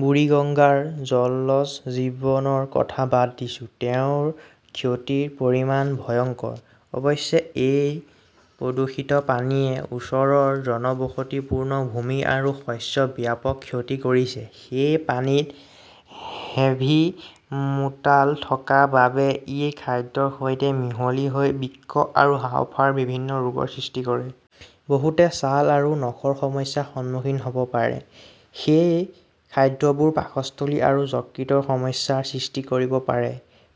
বুৰিগঙ্গাৰ জলজ জীৱনৰ কথা বাদ দিছো। তেওঁৰ ক্ষতিৰ পৰিমাণ ভয়ংকৰ। অৱশ্যে, এই প্ৰদূষিত পানীয়ে ওচৰৰ জনবসতিপূৰ্ণ ভূমি আৰু শস্যৰ ব্যাপক ক্ষতি কৰিছে। সেই পানীত হেভি মেটাল থকাৰ বাবে ই খাদ্যৰ সৈতে মিহলি হৈ বৃক্ক আৰু হাঁওফাঁওৰ বিভিন্ন ৰোগৰ সৃষ্টি কৰে। বহুতে ছাল আৰু নখৰ সমস্যাৰ সন্মুখীন হ'ব পাৰে। সেই খাদ্যবোৰে পাকস্থলী আৰু যকৃতৰ সমস্যাৰ সৃষ্টি কৰিব পাৰে।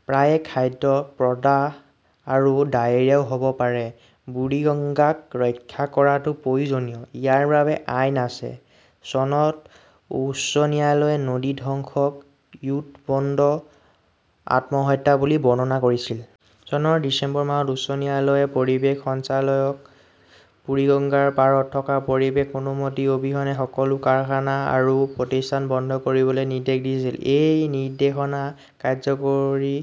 প্ৰায়ে খাদ্যৰ প্ৰদাহ আৰু ডায়েৰিয়াও হ'ব পাৰে। বুৰিগংগাক ৰক্ষা কৰাটো প্ৰয়োজনীয়। ইয়াৰ বাবে আইন আছে। চনত উচ্চ ন্যায়ালয়ে নদী ধ্বংসক য়ুথবন্দ আত্মহত্যা বুলি বৰ্ণনা কৰিছিল। চনৰ ডিচেম্বৰ মাহত উচ্চ ন্যায়ালয়ে পৰিৱেশ সঞ্চালকালয়ক বুৰিগঙ্গাৰ পাৰত থকা পৰিৱেশ অনুমতি অবিহনে সকলো কাৰখানা আৰু প্ৰতিষ্ঠান বন্ধ কৰিবলৈ নিৰ্দেশ দিছিল। এই নিৰ্দেশনা কাৰ্যকৰী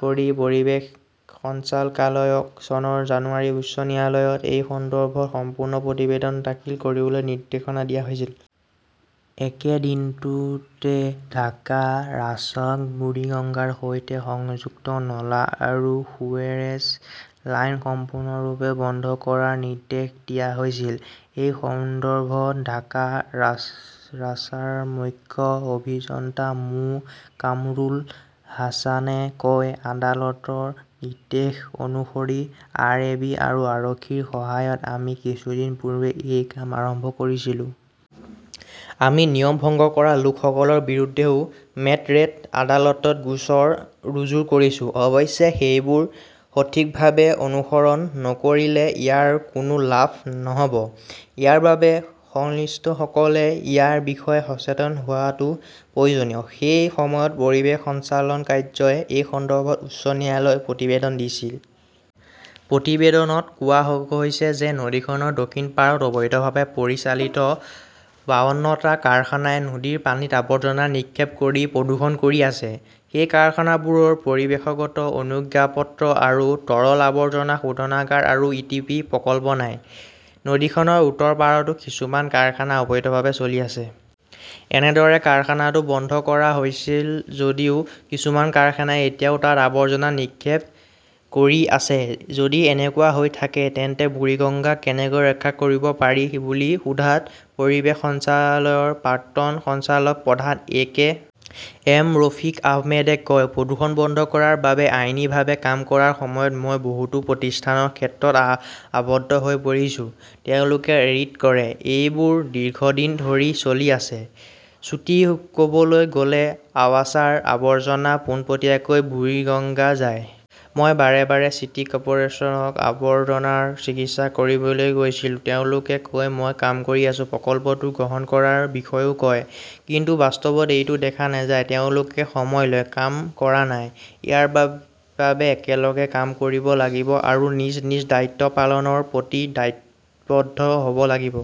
কৰি পৰিৱেশ সঞ্চালকালয়ক চনৰ জানুৱাৰীত উচ্চ ন্যায়ালয়ত এই সন্দৰ্ভত সম্পূৰ্ণ প্ৰতিবেদন দাখিল কৰিবলৈ নিৰ্দেশ দিয়া হৈছিল। একে দিনটোতে ঢাকা ৱাছাক বুৰিগঙ্গাৰ সৈতে সংযুক্ত নলা আৰু সুৱেৰেজ লাইন সম্পূৰ্ণৰূপে বন্ধ কৰাৰ নিৰ্দেশ দিয়া হৈছিল। এই সন্দৰ্ভত ঢাকা ৱাছাৰ মুখ্য অভিযন্তা মো. কামৰুল হাছানে কয়, আদালতৰ নিৰ্দেশ অনুসৰি আৰএবি আৰু আৰক্ষীৰ সহায়ত আমি কিছুদিন পূৰ্বে এই কাম আৰম্ভ কৰিছিলো। আমি নিয়ম ভংগ কৰা লোকসকলৰ বিৰুদ্ধেও মেট্ৰ'ৰেট আদালতত গোচৰ ৰুজু কৰিছো। অৱশ্যে, সেইবোৰ সঠিকভাৱে অনুসৰণ নকৰিলে ইয়াৰ কোনো লাভ নহ'ব। ইয়াৰ বাবে সংশ্লিষ্ট সকলোৱে ইয়াৰ বিষয়ে সচেতন হোৱাটো প্ৰয়োজনীয়। সেই সময়ত পৰিৱেশ সঞ্চালকালয়ই এই সন্দৰ্ভত উচ্চ ন্যায়ালয়লৈ প্ৰতিবেদন দিছিল। প্ৰতিবেদনত কোৱা হৈছে যে নদীখনৰ দক্ষিণ পাৰত অবৈধভাৱে পৰিচালিত বাৱন্ন টা কাৰখানাই নদীৰ পানীত আৱৰ্জনা নিক্ষেপ কৰি প্ৰদূষণ কৰি আছে। সেই কাৰখানাবোৰৰ পৰিৱেশগত অনুজ্ঞাপত্ৰ আৰু তৰল আৱৰ্জনা শোধনাগাৰ বা ইটিপি প্ৰকল্প নাই। নদীখনৰ উত্তৰ পাৰতো কিছুমান কাৰখানা অবৈধভাৱে চলি আছে। এনেদৰে কাৰখানাটো বন্ধ কৰা হৈছিল যদিও কিছুমান কাৰখানাই এতিয়াও তাত আৱৰ্জনা নিক্ষেপ কৰি আছে। যদি এনেকুৱা হৈ থাকে তেন্তে বুৰিগংগাক কেনেকৈ ৰক্ষা কৰিব পাৰি বুলি সোধাত পৰিৱেশ সঞ্চালকালয়ৰ প্ৰাক্তন সঞ্চালক প্ৰধান এ. কে. এম. ৰফিক আহমেদে কয়, প্ৰদূষণ বন্ধ কৰাৰ বাবে আইনীভাৱে কাম কৰাৰ সময়ত মই বহুতো প্ৰতিষ্ঠানৰ ক্ষেত্ৰত আবদ্ধ হৈ পৰিছো। তেওঁলোকে ৰিট কৰে। এইবোৰ দীৰ্ঘদিন ধৰি চলি আছে। চুটি ক'বলৈ গ'লে ৱাছাৰ আৱৰ্জনা পোনপটীয়াকৈ বুৰিগঙ্গালৈ যায়। মই বাৰে বাৰে চিটি কৰ্পোৰেচনক আৱৰ্জনাৰ চিকিৎসা কৰিবলৈ কৈছিলো। তেওঁলোকে কয় মই কাম কৰি আছো। প্ৰকল্পটো গ্ৰহণ কৰাৰ বিষয়েও কয়। কিন্তু বাস্তৱত এইটো দেখা নাযায়। তেওঁলোকে সময় লয়, কাম কৰা নাই। ইয়াৰ বাবে একেলগে কাম কৰিব লাগিব আৰু নিজ নিজ দায়িত্ব পালনৰ প্ৰতি দায়বদ্ধ হ'ব লাগিব।